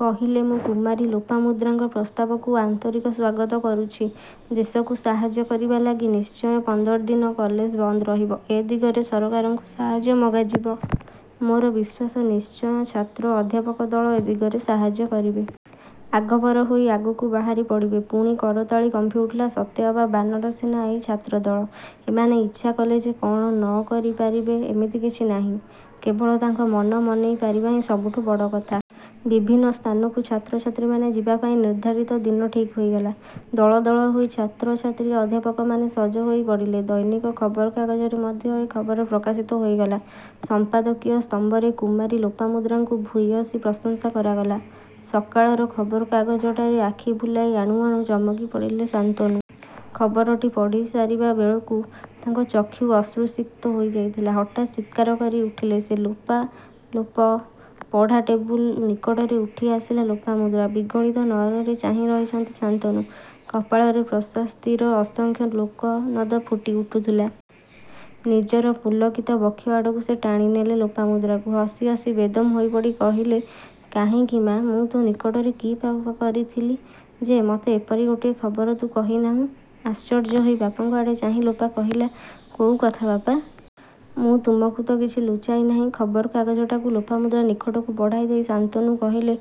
କହିଲେ''ମୁଁ କୁମାରୀ ଲୋପାମୁଦ୍ରାଙ୍କ ପ୍ରସ୍ତାବକୁ ଆନ୍ତରିକ ସ୍ୱାଗତ କରୁଛି। ଦେଶକୁ ସାହାଯ୍ୟ କରିବା ଲାଗି ନିଶ୍ଚୟ ପନ୍ଦର ଦିନ କଲେଜ ବନ୍ଦ ରହିବ। ଏ ଦିଗରେ ସରକାରଙ୍କୁ ସାହାଯ୍ୟ ମଗାଯିବ। ମୋର ବିଶ୍ୱାସ ନିଶ୍ଚୟ ଛାତ୍ର ଓ ଅଧ୍ୟାପକ ଦଳ ଏ ଦିଗରେ ସାହାଯ୍ୟ କରିବେ। ଆଗଭର ହୋଇ ଆଗକୁ ବାହାରି ପଡ଼ିବେ। ପୁଣି କରତାଳି କମ୍ପିଉଠିଲା ସତେ ଅବା ବାନର ସେନା ଏହି ଛାତ୍ର ଦଳ, ଏମାନେ ଇଚ୍ଛା କଲେ ଯେ କ'ଣ ନ କରି ପାରିବେ ଏମିତି କିଛି ନାହିଁ। କେବଳ ତାଙ୍କ ମନ ମନେଇ ପାରିବା ହିଁ ସବୁଠୁ ବଡ଼ କଥା। ବିଭିନ୍ନ ସ୍ଥାନକୁ ଛାତ୍ର ଛାତ୍ରୀମାନେ ଯିବାପାଇଁ ନିର୍ଦ୍ଧାରିତ ଦିନ ଠିକ୍ ହୋଇଗଲା। ଦଳ ଦଳ ହୋଇ ଛାତ୍ର ଛାତ୍ରୀ ଅଧ୍ୟାପକମାନେ ସଜ ହୋଇ ପଡ଼ିଲେ। ଦୈନିକ ଖବରକାଗଜରେ ମଧ୍ୟ ଏ ଖବର ପ୍ରକାଶିତ ହୋଇଗଲା। ସମ୍ପାଦକୀୟ ସ୍ତମ୍ଭରେ କୁମାରୀ ଲୋପାମୁଦ୍ରାଙ୍କୁ ଭୂୟସୀ ପ୍ରଶଂସା କରାଗଲା। ସକାଳର ଖବରକାଗଜଟାରେ ଆଖି ବୁଲାଇ ଆଣୁ ଆଣୁ ଚମକି ପଡ଼ିଲେ ଶାନ୍ତନୁ। ଖବରଟି ପଢ଼ି ସାରିବା ବେଳକୁ ତାଙ୍କ ଚକ୍ଷୁ ଅଶ୍ରୁସିକ୍ତ ହୋଇ ଯାଇଥିଲା। ହଠାତ୍ ଚିତ୍କାର କରି ଉଠିଲେ ସେ ''ଲୋପା ଲୋପ! '' ପଢ଼ା ଟେବୁଲ ନିକଟରୁ ଉଠିଆସିଲା ଲୋପାମୁଦ୍ରା। ବିଗଳିତ ନୟନରେ ଚାହିଁ ରହିଛନ୍ତି ଶାନ୍ତନୁ। କପାଳରେ ପ୍ରଶାସ୍ତିର ଅସଂଖ୍ୟ କୋକନଦ ଫୁଟି ଉଠୁଥିଲା। ନିଜର ପୁଲକିତ ବକ୍ଷ ଆଡ଼କୁ ସେ ଟାଣିନେଲେ ଲୋପାମୁଦ୍ରାକୁ। ହସି ହସି ବେଦମ୍ ହୋଇପଡ଼ି କହିଲେ ''କାହିଁକି ମାଆ ମୁଁ ତୋ ନିକଟରେ କି ପାପ କରିଥିଲି ଯେ, ମୋତେ ଏପରି ଗୋଟିଏ ଖବର ତୁ କହିନାହୁଁ। '' ଆଶ୍ଚର୍ଯ୍ୟ ହୋଇ ବାପାଙ୍କ ଆଡ଼େ ଚାହିଁ ଲୋପା କହିଲା ''କୋଉ କଥା ବାପା! ମୁଁ ତୁମକୁ ତ' କିଛି ଲୁଚାଇ ନାହିଁ? '' ଖବରକାଗଜଟାକୁ ଲୋପାମୁଦ୍ରା ନିକଟକୁ ବଢ଼ାଇ ଦେଇ ଶାନ୍ତନୁ କହିଲେ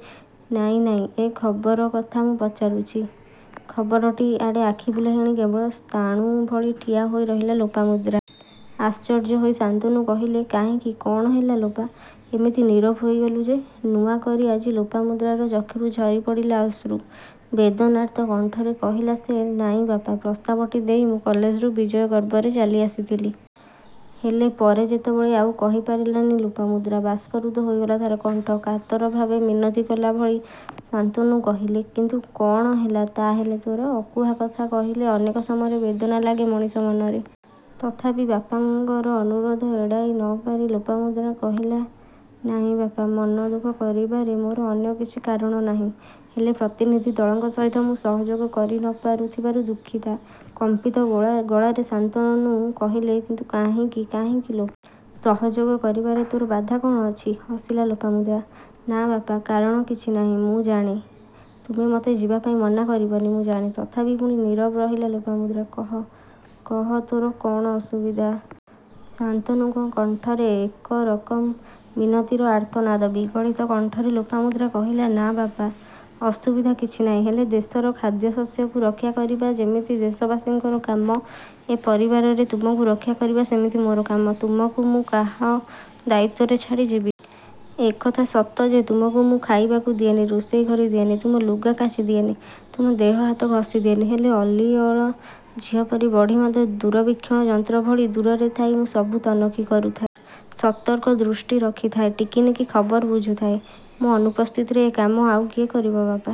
''ନାଇଁ ନାଇଁ ଏଇ ଖବର କଥା ମୁଁ ପଚାରୁଛି। '' ଖବରଟି ଆଡ଼େ ଆଖି ବୁଲାଇ ଆଣି କେବଳ ସ୍ଥାଣୁ ଭଳି ଠିଆ ହୋଇ ରହିଲା ଲୋପାମୁଦ୍ରା। ଆଶ୍ଚର୍ଯ୍ୟ ହୋଇ ଶାନ୍ତନୁ କହିଲେ ''କାହିଁକି କ'ଣ ହେଲା ଲୋପା! ଏମିତି ନୀରବ ହୋଇଗଲୁ ଯେ? '' ନୂଆ କରି ଆଜି ଲୋପାମୁଦ୍ରାର ଚକ୍ଷୁରୁ ଝରିପଡ଼ିଲା ଅଶ୍ରୁ। ବେଦନାର୍ତ୍ତ କଣ୍ଠରେ କହିଲା ସେ''ନାଇଁ ବାପା! ପ୍ରସ୍ତାବଟି ଦେଇ ମୁଁ କଲେଜରୁ ବିଜୟ ଗର୍ବରେ ଚାଲି ଆସିଥିଲି। ହେଲେ ପରେ ଯେତେବେଳେ'' ଆଉ କହି ପାରିଲାନି ଲୋପାମୁଦ୍ରା। ବାଷ୍ପରୁଦ୍ଧ ହୋଇଗଲା ତା'ର କଣ୍ଠ କାତର ଭାବେ ମିନତି କଲା ଭଳି ଶାନ୍ତନୁ କହିଲେ''କିନ୍ତୁ କ'ଣ ହେଲା ତା' ହେଲେ ତୋର? '' ଅକୁହା କଥା କହିଲେ ଅନେକ ସମୟରେ ବେଦନା ଲାଗେ ମଣିଷ ମନରେ। ତଥାପି ବାପାଙ୍କର ଅନୁରୋଧ ଏଡ଼ାଇ ନ ପାରି ଲୋପାମୁଦ୍ରା କହିଲା ''ନାଇଁ ବାପା, ମନ ଦୁଃଖ କରିବାରେ ମୋର ଅନ୍ୟ କିଛି କାରଣ ନାହିଁ। ହେଲେ ପ୍ରତିନିଧି ଦଳଙ୍କ ସହିତ ମୁଁ ସହଯୋଗ କରି ନ ପାରୁ ଥିବାରୁ ଦୁଃଖିତା। '' କମ୍ପିତ ଗଳାରେ ଶାନ୍ତନୁ କହିଲେ''କିନ୍ତୁ କାହିଁକି କାହିଁକି ଲୋପା! ସହଯୋଗ କରିବାରେ ତୋର ବାଧା କ'ଣ ଅଛି? '' ହସିଲା ଲୋପାମୁଦ୍ରା। ''ନାଁ ବାପା! କାରଣ କିଛି ନାହିଁ ମୁଁ ଜାଣେ। ତୁମେ ମୋତେ ଯିବା ପାଇଁ ମନା କରିବନି ମୁଁ ଜାଣେ। ତଥାପି ''ପୁଣି ନୀରବ ରହିଲା ଲୋପାମୁଦ୍ରା। ''କହ କହ ତୋର କ'ଣ ଅସୁବିଧା। '' ଶାନ୍ତନୁଙ୍କ କଣ୍ଠରେ ଏକରକମ୍ ମିନତିର ଆର୍ତ୍ତନାଦ। ବିଗଳିତ କଣ୍ଠରେ ଲୋପାମୁଦ୍ରା କହିଲା ''ନାଁ ବାପା! ଅସୁବିଧା କିଛିନାହିଁ। ହେଲେ ଦେଶର ଖାଦ୍ୟଶସ୍ୟକୁ ରକ୍ଷା କରିବା ଯେମିତି ଦେଶବାସୀଙ୍କର କାମ, ଏ ପରିବାରରେ ତୁମକୁ ରକ୍ଷା କରିବା ସେମିତି ମୋର କାମ। ତୁମକୁ ମୁଁ କାହ ଦାୟିତ୍ୱରେ ଛାଡ଼ିଯିବି? ଏ କଥା ସତ ଯେ ତୁମକୁ ମୁଁ ଖାଇବାକୁ ଦିଏନି, ରୋଷେଇ କରି ଦିଏନି, ତୁମ ଲୁଗା କାଚି ଦିଏନି, ତୁମ ଦେହ ହାତ ଘଷି ଦିଏନି। ହେଲେ ଅଲିଅଳ ଝିଅପରି ବଢ଼ି ମଧ୍ୟ ଦୂରବୀକ୍ଷଣ ଯନ୍ତ୍ର ଭଳି ଦୂରରେ ଥାଇ ମୁଁ ସବୁ ତନଖି କରୁଥାଏ। ସତର୍କ ଦୃଷ୍ଟି ରଖିଥାଏ। ଟିକିନିଖି ଖବର ବୁଝୁଥାଏ। ମୋ ଅନୁପସ୍ଥିତିରେ ଏ କାମ ଆଉ କିଏ କରିବ ବାପା!